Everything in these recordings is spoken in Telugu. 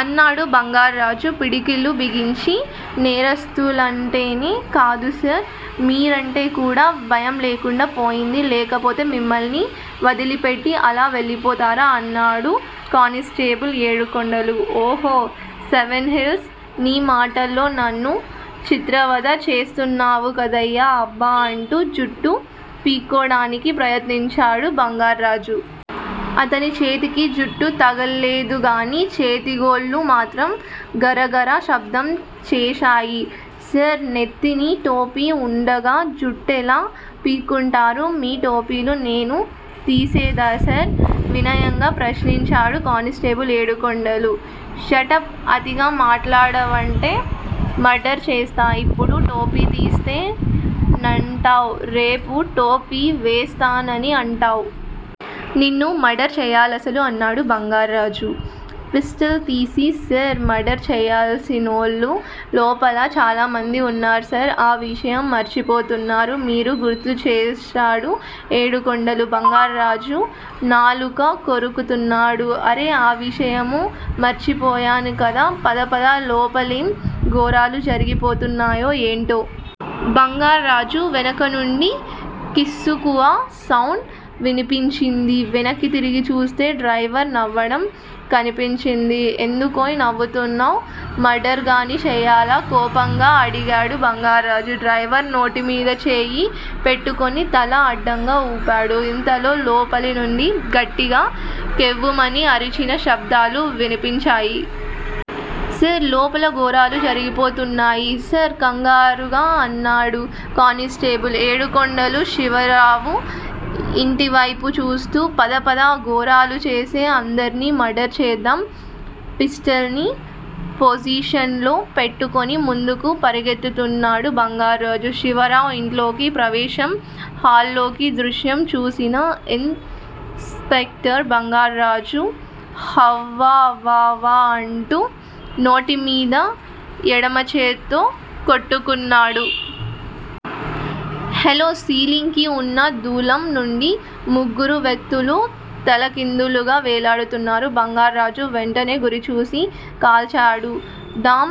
అన్నాడు బంగార్రాజు పిడికిళ్ళు బిగించి. నేరస్తులంటేనే కాదుసార్ మీరంటే కూడా భయంలేకుండా పోయింది. లేకపోతే మిమ్మల్ని వదిలిపెట్టి అలా వెళ్ళిపోతారా?! అన్నాడు constable Edukondalu. Oh seven hills! ని మాటల్తో నన్ను చిత్రవధ చేస్తున్నావు కదయ్యా అబ్బా! అంటూ జుట్టు పిక్కోడానికి ప్రయత్నించాడు బంగార్రాజు. అతని చేతికి జుట్టు తగల్లెదుగాని చేతిగోళ్ళు మాత్రం గరగరా శబ్దం చేశాయి. సార్! నెత్తిన టోపీ వుండగా జుట్టేలా పిక్కుంటారు? మీ టోపిని నేను తేసేదా సార్? వినయంగా ప్రశ్నించాడు కానిస్టేబుల్ ఏడుకొండలు. షటప్ అతిగా మాట్లాడావంటే మర్డరు చేస్తా. ఇప్పుడు టోపీ తీస్తా నంటావ్ రేపు టోపీ వేస్తానని అంటావ్. నిన్ను మర్డర్ చేయ్యలసలు అన్నాడు బంగార్రాజు పిస్టల్ తీసి. సర్! మర్డర్ చెయ్యాల్సినోళ్ళు లోపల చాలామంది వున్నారు సార్ ఆ విషయం మార్చిపోతున్నారు మీరు గుర్తు చేశాడు ఏడుకొండలు. బంగార్రాజు నాలుక కొరుకుతున్నాడు. అర్రే ఆ విషయము మర్చిపోయాను కదా? పదపద లోపలేం ఘోరాలు జరిగిపోతున్నాయో ఎంటో?! బంగార్రాజు వెనుకనుండి కిసుక్కవ సౌండు వినిపించింది. వెనక్కి తిరిగి చూస్తే డ్రైవరు నవ్వడం కనిపించింది. ఎందుకోయ్ నవ్వుతున్నావ్? మర్డరుగాని చెయ్యలా? కోపంగా అడిగాడు బంగార్రాజు. డ్రైవరు నోటి మీద చెయ్యి పెట్టుకుని తల అడ్డంగా ఊపాడు. ఇంతలో లోపలి నుండి గట్టిగా కెవ్వుమని అరిచిన శబ్దాలు వినిపించాయి. సార్! లోపల ఘోరాలు జరిగిపోతున్నాయి సార్ కంగారుగా అన్నాడు కానిస్టేబులు ఏడుకొండలు శివరావు ఇంటివ్తెపు చూస్తూ. పదపద ఘోరాలు చేసే అందర్నీ మర్డరు చేద్దాం పిస్టల్ ని పొజిషన్ లో పేట్టుకొని ముందుకు పరుగుతిస్తూ అన్నాడు బంగార్రాజు. శివరావు ఇంట్లోకి ప్రవేశం హాల్లోకి దృశ్యం చూసిన ఇన్ స్పెక్టర్ బంగార్రాజు హవ్వ వ్వ వ్వ అంటూ నోటిమీద ఎడమచేత్తో కొట్టుకున్నాడు. హలో సీలింగ్ కి ఉన్న దూలం నుండి ముగ్గురు వ్యక్తులు తలకిందులుగా వేళ్ళాడుతున్నారు. బంగార్రాజు వెంటనే గురిచూసి కాల్చాడు. ఢాం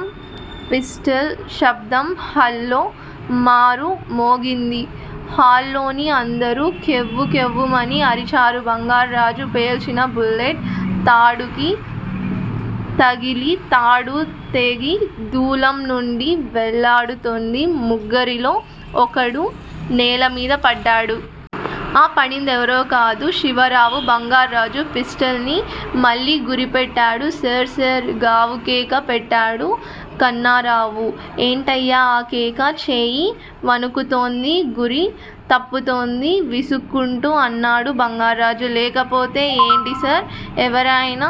పిస్టల్ శబ్దం హల్లో మారు మోగింది. హాల్లోని అందరూ కెవ్వుకెవ్వుమని అరిచారు. బంగార్రాజు పేల్చినా బుల్లెట్ తాడుకి తగిలి తాడుతెగి దూలం నుండి వేళ్ళాడుతుంది ముగ్గురిలో ఒకడు నేలమీద పడ్డాడు. ఆ పడేందేవరో కాదు. శివరావు!! బంగార్రాజు పిస్టల్ ని మళ్ళి గురిపెట్టాడు. సార్ సార్ గావుకేక పెట్టాడు కన్నారావు. ఏంటయ్యా ఆ కేక? చెయ్యి వణుకుతూంది. గురి తప్పతుంది విసుక్కుంటూ అన్నాడు బంగార్రాజు. లేకపోతే ఏంటిసార్? ఎవరయినా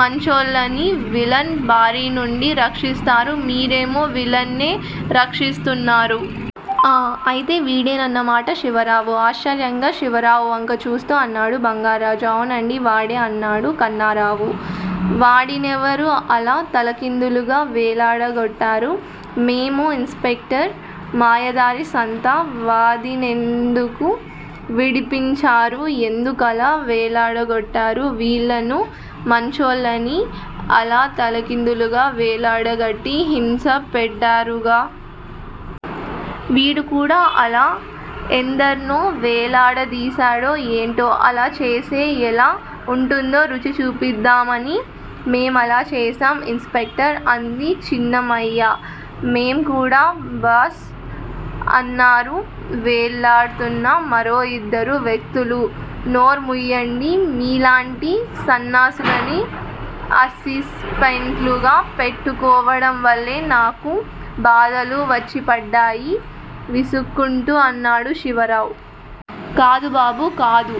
మంచోళ్ళని విలన్ బారి నుండి రక్షిస్తారు. మీరేమో విలన్ నే రక్షిస్తున్నారు!! ఆ! అయితే విడేనన్నమాట శివరావు? ఆశ్చర్యంగా శివరావు వంక చూస్తూ అన్నాడు బంగార్రాజు. అవునండి వాడే అన్నాడు కన్నారావు. వాడినేవారు అలా తలకిందులుగా వెళ్లాడగాట్టేరు? మేమే ఇన్స్ పెక్టర్! మాయదారి సంత!! వాదినేండుకు విడిపించారు?? ఎందుకలా వేళ్ళాడగోట్టారు? విలన్లు మంచోళ్ళని అలా తలకిందులుగా వెళ్ళాడగట్టి హింసపెడ్తారుగా? వీడు కూడా అలా ఎందర్ని వేళ్ళాడదిశాడో ఎంటో?! అలా చేస్తే ఎలా వుంటుందో రుచి చూపించుదామని మేమలా చేశాం ఇన్స్ పెక్టర్ అంది చిన్నమ్మాయ్. మేం కూడా బాస్!! అన్నారు వెళ్లాడ్తున్న మరో ఇద్దరు వ్యక్తులు. నోర్ముయ్యండి. మీలాంటి సన్నాసులని అసిస్టెంట్లులుగా పెట్టుకోవడం వాళ్ళే నాకి బాదలు వచ్చిపడ్డాయ్ విసుక్కుంటూ అన్నాడు శివరావు. కాదుబాబూ కాదు!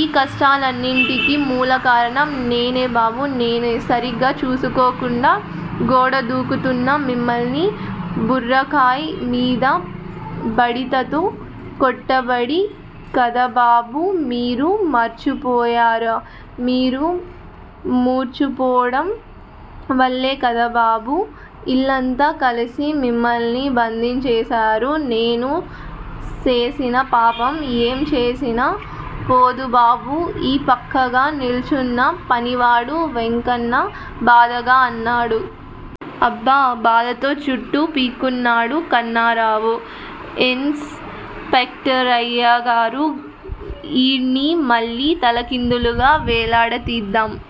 ఈ కష్టాలన్నింటికీ మూలకారణం నేనే బాబూ నేను. సరిగా చూసుకోకుండా గోడదూకుతున్న మిమ్మల్ని బుర్రకాయ్ మీద బడితతో కొట్టబడి కదబాబూ మీరు మూర్చపోయారు? మీరు మూర్చపోడం వల్లెకదబాబూ ఈళ్ళంతా కలసి మిమ్మల్ని బందించేశారు నేను సేసిన పాపం ఏం చేసినా పోడుబాబూ ఈ పక్కగా నిల్చున్న పనివాడు వెంకన్న బాధగా అన్నాడు. అబ్బా! బాధతో జుట్టు పిక్కున్నాడు కన్నారావు. ఇన్స్ పెక్టరయ్యగారూ ఈడ్ని మళ్ళి తలకిందలుగా వెళ్లాడదిద్దాం